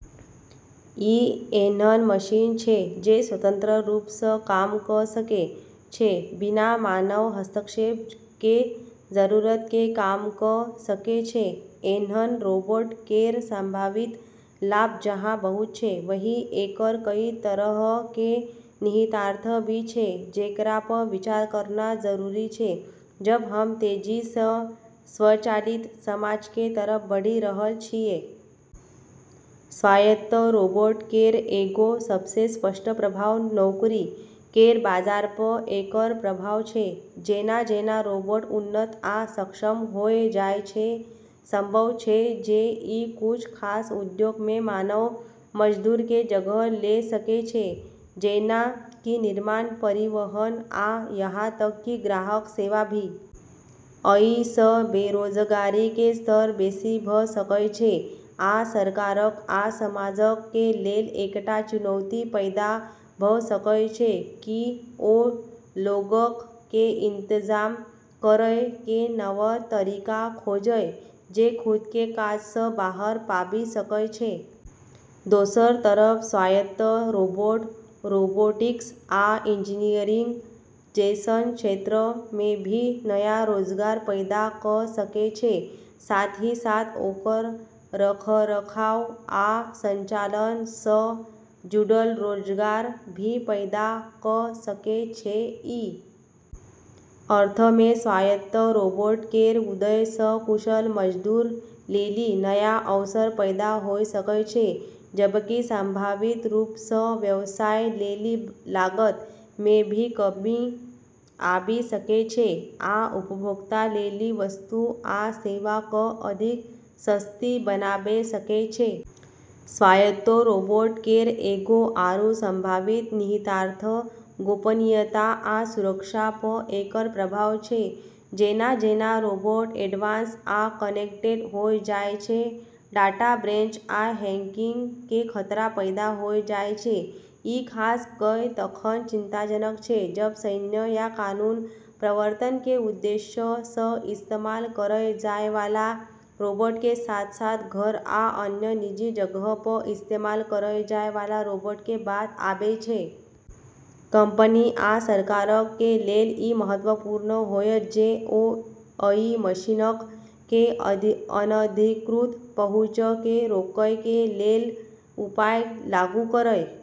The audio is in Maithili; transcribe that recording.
ई ऐन्हन मशीन छै जे स्वतंत्र रूप सँ काम क सकै छै, बिना मानव हस्तक्षेप के जरूरत के काम क सकै छै। ऐन्हन रोबोट केर संभावित लाभ जहाँ बहुत छै, वहीं एकर कई तरह के निहितार्थ भी छै जेकरा प विचार करना जरूरी छै जब हम तेजी सँ स्वचालित समाज के तरफ बढ़ी रहल छियै। स्वायत्त रोबोट केर एगो सबसें स्पष्ट प्रभाव नौकरी केर बाजार प एकर प्रभाव छै। जेना-जेना रोबोट उन्नत आ सक्षम होय जाय छै, संभव छै जे ई कुछ खास उद्योग मे मानव मजदूर के जगह ले सकै छै, जेना कि निर्माण, परिवहन आ यहां तक कि ग्राहक सेवा भी। अइ सँ बेरोजगारी कें स्तर बेसि भ सकय छै आ सरकारक आ समाजक कें लेल एकटा चुनौती पैदा भ सकय छै कि ओ लोगक कें इंतजाम करय कें नव तरीका खोजय जे खुद कें काज सँ बाहर पाबि सकय छै। दोसर तरफ स्वायत्त रोबोट रोबोटिक्स आ इंजीनियरिंग जैसन क्षेत्र मे भी नया रोजगार पैदा क सकै छै, साथ ही साथ ओकर रखरखाव आ संचालन सँ जुड़ल रोजगार भी पैदा क सकै छै। ई अर्थ मे स्वायत्त रोबोट केर उदय सँ कुशल मजदूर लेली नया अवसर पैदा होय सकै छै, जबकि संभावित रूप सँ व्यवसाय लेली लागत मे भी कमी आबी सकै छै आ उपभोक्ता लेली वस्तु आ सेवा क अधिक सस्ती बनाबै सकै छै। स्वायत्त रोबोट केर एगो आरू संभावित निहितार्थ गोपनीयता आ सुरक्षा प एकर प्रभाव छै। जेना-जेना रोबोट एडवांस आ कनेक्टेड होय जाय छै, डाटा ब्रेच आ हैकिंग के खतरा पैदा होय जाय छै। ई खास कय तखन चिंताजनक छै जब सैन्य या कानून प्रवर्तन के उद्देश्य सँ इस्तेमाल करल जाय वाला रोबोट के साथ-साथ घर आ अन्य निजी जगह प इस्तेमाल करल जाय वाला रोबोट के बात आबै छै। कंपनी आ सरकारक कें लेल इ महत्वपूर्ण होयत जे ओ अइ मशीनक कें अनधिकृत पहुंच कें रोकय कें लेल उपाय लागू करय।